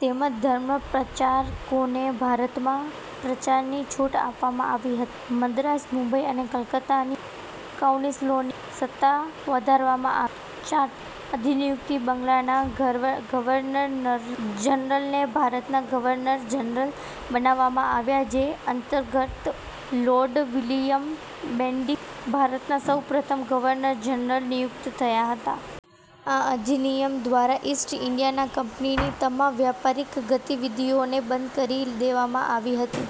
તેમજ ધર્મ પ્રચારકોને ભારતમાં પ્રચારની છૂટ આપવામાં આવી હતી. મદ્રાસ, મુંબઈ અને કલકત્તાની કાઉન્સિલોની સત્તા વધારવામાં આવી. ચાર્ટર અધિનિયમ બંગાળના ગવર્નર જનરલને ભારતના ગવર્નર જનરલ બનાવવામાં આવ્યા જે અંતર્ગત લૉર્ડ વિલિયમ બેન્ટીક ભારતના સૌ પ્રથમ ગવર્નર જનરલ નિયુક્ત થયા હતા. આ અધિનિયમ દ્વારા ઈસ્ટ ઈન્ડિયા કંપનીની તમામ વ્યાપારિક ગતિવિધિઓને બંધ કરી દેવામાં આવી હતી.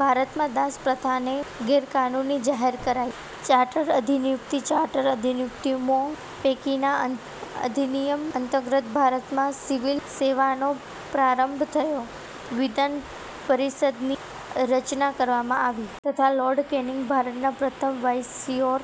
ભારતમાં દાસપ્રથાને ગેરકાનૂની જાહેર કરાઈ. ચાર્ટર અધિનિયમ ચાર્ટર અધિનિયમો પૈકીના અંતિમ અધિનિયમ અંતર્ગત ભારતમાં સિવિલ સેવાનો પ્રારંભ થયો. વિધાન પરિષદની રચના કરવામાં આવી. તથા લોર્ડ કેનિંગ ભારતના પ્રથમ વાઈસરોય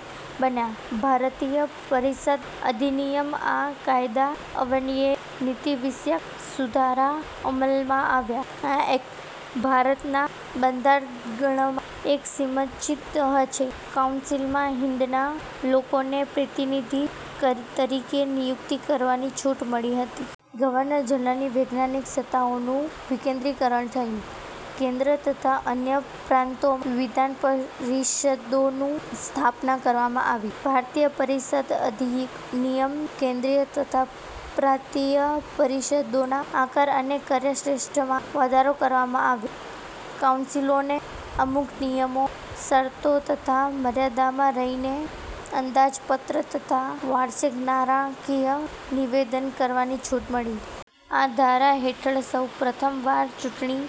બન્યા. ભારતીય પરિષદ અધિનિયમ આ કાયદા અન્વયે નીતિવિષયક સુધારા અમલમાં આવ્યા. આ એક્ટ ભારતના બંધારણમાં એક સીમાચિહ્ન છે. કાઉન્સિલમાં હિંદના લોકોને પ્રતિનિધિ તરીકે નિયુક્ત કરવાની છૂટ મળી. ગવર્નર જનરલની વૈધાનિક સત્તાઓનું વિકેન્દ્રીકરણ થયું. કેન્દ્ર તથા અન્ય પ્રાન્તોમાં વિધાનપરિષદોની સ્થાપના કરવામાં આવી. ભારતીય પરિષદ અધિનિયમ કેન્દ્રીય તથા પ્રાંતીય પરિષદોના આકાર અને કાર્યક્ષેત્રમાં વધારો કરવામાં આવ્યો. કાઉન્સિલોને અમુક નિયમો, શરતો તથા મર્યાદામાં રહીને અંદાજપત્ર તથા વાર્ષિક નાણાકીય નિવેદન કરવાની છૂટ મળી. આ ધારા હેઠળ સૌ પ્રથમવાર ચૂંટણી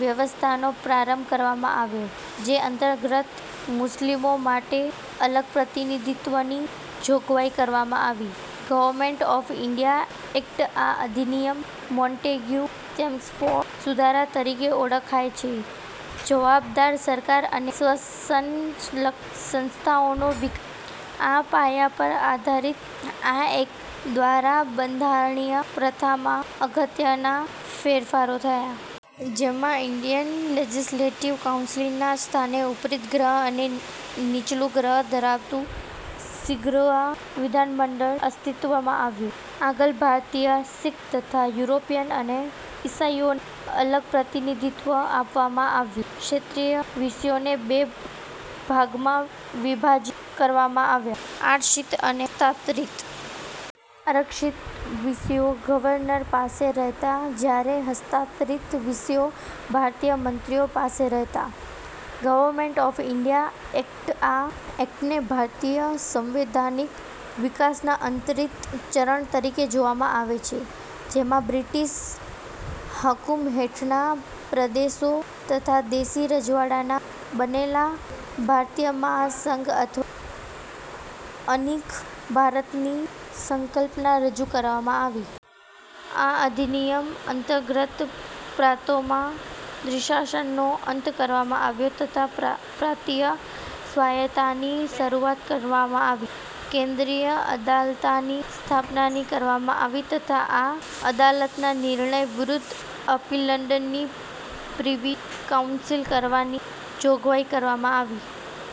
વ્યવસ્થાનો પ્રારંભ કરવામાં આવ્યો. જે અંતર્ગત મુસ્લિમો માટે અલગ પ્રતિનિધિત્ત્વની જોગવાઈ કરવામાં આવી. ગવર્મેન્ટ ઓફ ઈન્ડિયા એક્ટ આ અધિનિયમ મોન્ટેગ્યુ-ચેમ્સફોર્ડ સુધારા તરીકે ઓળખાય છે. 'જવાબદાર સરકાર અને સ્વશાસનલક્ષી સંસ્થાઓનો વિકાસ'ના પાયા પર આધારિત આ એક્ટ દ્વારા બંધારણીય પ્રથામાં અગત્યના ફેરફારો થયા. જેમાં ઈન્ડિયન લેજેસ્લેટીવ કાઉન્સિલના સ્થાને ઊપલું ગૃહ અને નીચલું ગૃહ ધરાવતું દ્વિગૃહી વિધાનમંડળ અસ્તિત્વમાં આવ્યું. આંગ્લ-ભારતીય, શિખ તથા યુરોપીય અને ઈસાઈઓને અલગ પ્રતિનિધિત્ત્વ આપવામાં આવ્યું. ક્ષેત્રીય વિષયોને બે ભાગમાં વિભાજીત કરવામાં આવ્યા: આરક્ષિત અને હસ્તાંતરિત. આરક્ષિત વિષયો ગવર્નર પાસે રહેતા જ્યારે હસ્તાંતરીત વિષયો ભારતીય મંત્રીઓ પાસે રહેતા. ગવર્મેન્ટ ઓફ ઈન્ડિયા એક્ટ આ એક્ટને ભારતીય સંવૈધાનિક વિકાસના અંતિમ ચરણ તરીકે જોવામાં આવે છે. જેમાં બ્રિટીશ હકૂમત હેઠળના પ્રદેશો તથા દેશી રજવાડાંના બનેલા ભારતીય મહાસંઘ અથવા અખિલ ભારત ની સંકલ્પના રજૂ કરવામાં આવી. આ અધિનિયમ અંતર્ગત પ્રાંતોમાં દ્વિશાસનનો અંત કરવામાં આવ્યો તથા પ્રાંતીય સ્વાયતતાની શરૂઆત કરવામાં આવી. કેન્દ્રીય અદાલતની સ્થાપનાની કરવામાં આવી તથા આ અદાલતના નિર્ણય વિરુદ્ધ અપીલ લંડનની પ્રીવી કાઉન્સિલ કરવાની જોગવાઈ કરવામાં આવી.